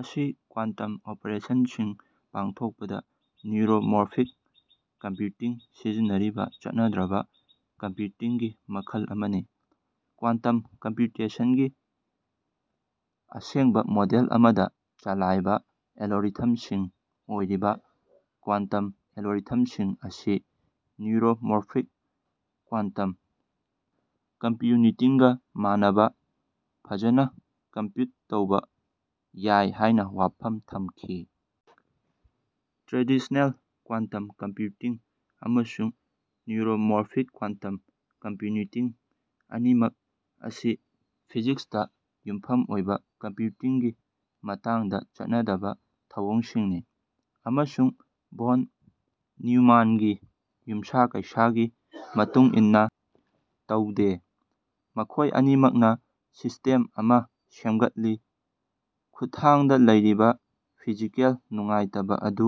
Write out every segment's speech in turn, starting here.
ꯑꯁꯤ ꯀ꯭ꯋꯥꯟꯇꯝ ꯑꯣꯄꯔꯦꯁꯟꯁꯤꯡ ꯄꯥꯡꯊꯣꯛꯄꯗ neuromorphic computing ꯁꯤꯖꯤꯟꯅꯔꯤꯕ ꯆꯠꯅꯗ꯭ꯔꯕ ꯀꯝꯄ꯭ꯌꯨꯇꯤꯡꯒꯤ ꯃꯈꯜ ꯑꯃꯅꯤ꯫ ꯀ꯭ꯋꯥꯟꯇꯝ ꯀꯝꯄ꯭ꯌꯨꯇꯦꯁꯟꯒꯤ ꯑꯁꯦꯡꯕ ꯃꯣꯗꯦꯜ ꯑꯃꯗ ꯆꯂꯥꯏꯕ ꯑꯦꯂꯣꯔꯤꯊꯝꯁꯤꯡ ꯑꯣꯏꯔꯤꯕ ꯀ꯭ꯋꯥꯟꯇꯝ ꯑꯦꯂꯣꯔꯤꯊꯝꯁꯤꯡ ꯑꯁꯤ ꯅ꯭ꯌꯨꯔꯣꯃꯣꯐ꯭ꯔꯤꯛ ꯀ꯭ꯋꯥꯟꯇꯝ ꯀꯝꯄ꯭ꯌꯨꯅꯤꯇꯤꯡꯒ ꯃꯥꯟꯅꯅ ꯐꯖꯅ ꯀꯝꯄ꯭ꯌꯨꯠ ꯇꯧꯕ ꯌꯥꯏ ꯍꯥꯏꯅ ꯋꯥꯐꯝ ꯊꯝꯈꯤ꯫ ꯇ꯭ꯔꯦꯗꯤꯁꯅꯦꯜ ꯀ꯭ꯋꯥꯟꯇꯝ ꯀꯝꯄ꯭ꯌꯨꯇꯤꯡ ꯑꯃꯁꯨꯡ ꯅ꯭ꯌꯨꯔꯣꯃꯣꯔꯐꯤꯛ ꯀ꯭ꯋꯥꯟꯇꯝ ꯀꯝꯄ꯭ꯌꯨꯅꯤꯇꯤꯡ ꯑꯅꯤꯃꯛ ꯑꯁꯤ ꯐꯤꯖꯤꯛꯁꯇ ꯌꯨꯝꯐꯝ ꯑꯣꯏꯕ ꯀꯝꯄ꯭ꯌꯨꯇꯤꯡꯒꯤ ꯃꯇꯥꯡꯗ ꯆꯠꯅꯗꯕ ꯊꯧꯑꯣꯡꯁꯤꯡꯅꯤ ꯑꯃꯁꯨꯡ ꯚꯣꯟ ꯅ꯭ꯌꯨꯃꯥꯟꯒꯤ ꯌꯨꯝꯁꯥ-ꯀꯩꯁꯥꯒꯤ ꯃꯇꯨꯡ ꯏꯟꯅ ꯇꯧꯗꯦ꯫ ꯃꯈꯣꯏ ꯑꯅꯤꯃꯛꯅ ꯁꯤꯁꯇꯦꯝ ꯑꯃ ꯁꯦꯝꯒꯠꯂꯤ (ꯈꯨꯊꯥꯡꯗ ꯂꯩꯔꯤꯕ ꯐꯤꯖꯤꯀꯦꯜ ꯅꯨꯡꯉꯥꯏꯇꯕ ꯑꯗꯨ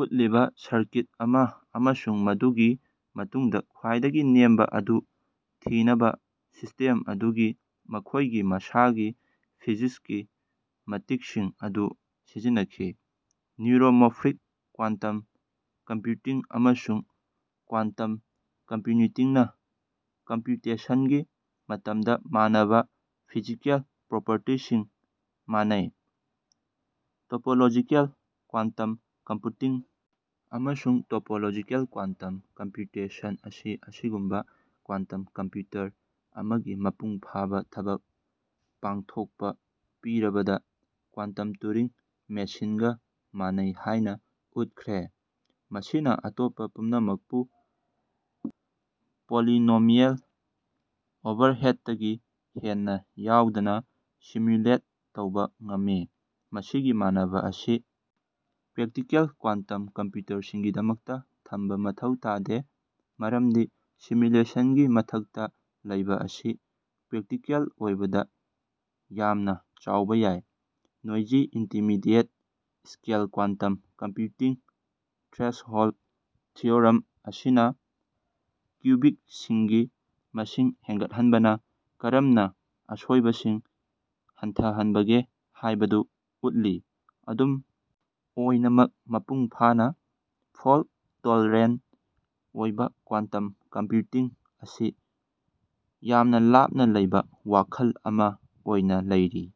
ꯎꯠꯂꯤꯕ ꯁꯔꯀꯤꯠ ꯑꯃ) ꯑꯃꯁꯨꯡ ꯃꯗꯨꯒꯤ ꯃꯇꯨꯡꯗ "ꯈ꯭ꯋꯥꯏꯗꯒꯤ ꯅꯦꯝꯕ" ꯑꯗꯨ ꯊꯤꯅꯕ ꯁꯤꯁꯇꯤꯝ ꯑꯗꯨꯒꯤ ꯃꯈꯣꯏꯒꯤ ꯃꯁꯥꯒꯤ ꯐꯤꯖꯤꯛꯁꯀꯤ ꯃꯇꯤꯛꯁꯤꯡ ꯑꯗꯨ ꯁꯤꯖꯤꯟꯅꯈꯤ꯫ ꯅ꯭ꯌꯨꯔꯣꯃꯣꯐ꯭ꯔꯤꯛ ꯀ꯭ꯋꯥꯟꯇꯝ ꯀꯝꯄ꯭ꯌꯨꯇꯤꯡ ꯑꯃꯁꯨꯡ ꯀ꯭ꯋꯥꯟꯠꯝ ꯀꯝꯄ꯭ꯌꯨꯅꯤꯇꯤꯡꯅ ꯀꯝꯄ꯭ꯌꯨꯇꯦꯁꯟꯒꯤ ꯃꯇꯝꯗ ꯃꯥꯟꯅꯕ ꯐꯤꯖꯤꯀꯦꯜ ꯄ꯭ꯔꯣꯄꯔꯇꯤꯁꯤꯡ ꯃꯥꯟꯅꯩ꯫ ꯇꯣꯄꯣꯂꯣꯖꯤꯀꯦꯜ ꯀ꯭ꯋꯥꯟꯇꯝ ꯀꯝꯄꯨꯇꯤꯡ ꯑꯃꯁꯨꯡ ꯇꯣꯄꯣꯂꯣꯖꯤꯀꯦꯜ ꯀ꯭ꯋꯥꯟꯠꯝ ꯀꯝꯄ꯭ꯌꯨꯇꯦꯁꯟ -ꯑꯁꯤ ꯑꯁꯤꯒꯨꯝꯕ ꯀ꯭ꯋꯥꯟꯇꯝ ꯀꯝꯄ꯭ꯌꯨꯇꯔ ꯑꯃꯒꯤ ꯃꯄꯨꯡ ꯐꯥꯕ ꯊꯕꯛ ꯄꯥꯡꯊꯣꯛꯄ ꯄꯤꯔꯕꯗ ꯀ꯭ꯋꯥꯟꯇꯝ ꯇꯨꯔꯤꯡ ꯃꯦꯁꯤꯟꯒ ꯃꯥꯟꯅꯩ ꯍꯥꯏꯅ ꯎꯠꯈ꯭ꯔꯦ, ꯃꯁꯤꯅ ꯑꯇꯣꯞꯄ ꯄꯨꯝꯅꯃꯛꯄꯨ ꯄꯣꯂꯤꯅꯣꯃꯤꯌꯦꯜ ꯑꯣꯚꯔꯍꯦꯗꯇꯒꯤ ꯍꯦꯟꯅ ꯌꯥꯎꯗꯅ ꯁꯤꯃ꯭ꯌꯨꯂꯦꯠ ꯇꯧꯕ ꯉꯝꯃꯤ꯫ ꯃꯁꯤꯒꯤ ꯃꯥꯟꯅꯕ ꯑꯁꯤ ꯄ꯭ꯔꯦꯛꯇꯤꯀꯦꯜ ꯀ꯭ꯋꯥꯟꯇꯝ ꯀꯝꯄ꯭ꯌꯨꯇꯔꯁꯤꯡꯒꯤꯗꯃꯛꯇ ꯊꯝꯕ ꯃꯊꯧ ꯇꯥꯗꯦ, ꯃꯔꯝꯗꯤ ꯁꯤꯃ꯭ꯌꯨꯂꯦꯁꯟꯒꯤ ꯃꯊꯛꯇ ꯂꯩꯕ ꯑꯁꯤ ꯄ꯭ꯔꯦꯛꯇꯤꯀꯦꯜ ꯑꯣꯏꯕꯗ ꯌꯥꯝꯅ ꯆꯥꯎꯕ ꯌꯥꯏ꯫ Noisy intermediate scale quantum computing threshold theorem ꯑꯁꯤꯅ ꯀ꯭ꯌꯨꯕꯤꯛꯁꯤꯡꯒꯤ ꯃꯁꯤꯡ ꯍꯦꯟꯒꯠꯍꯟꯕꯅ ꯀꯔꯝꯅ ꯑꯁꯣꯏꯕꯁꯤꯡ ꯍꯟꯊꯍꯟꯕꯒꯦ ꯍꯥꯏꯕꯗꯨ ꯎꯠꯂꯤ, ꯑꯗꯨꯝ ꯑꯣꯏꯅꯃꯛ ꯃꯄꯨꯡꯐꯥꯅ ꯐꯣꯜꯠ-ꯇꯣꯜꯔꯦꯟ ꯑꯣꯏꯕ ꯀ꯭ꯋꯥꯟꯇꯝ ꯀꯝꯄ꯭ꯌꯨꯇꯤꯡ ꯑꯁꯤ "ꯌꯥꯝꯅ ꯂꯥꯞꯅ ꯂꯩꯕ ꯋꯥꯈꯜ ꯑꯃ" ꯑꯣꯏꯅ ꯂꯩꯔꯤ꯫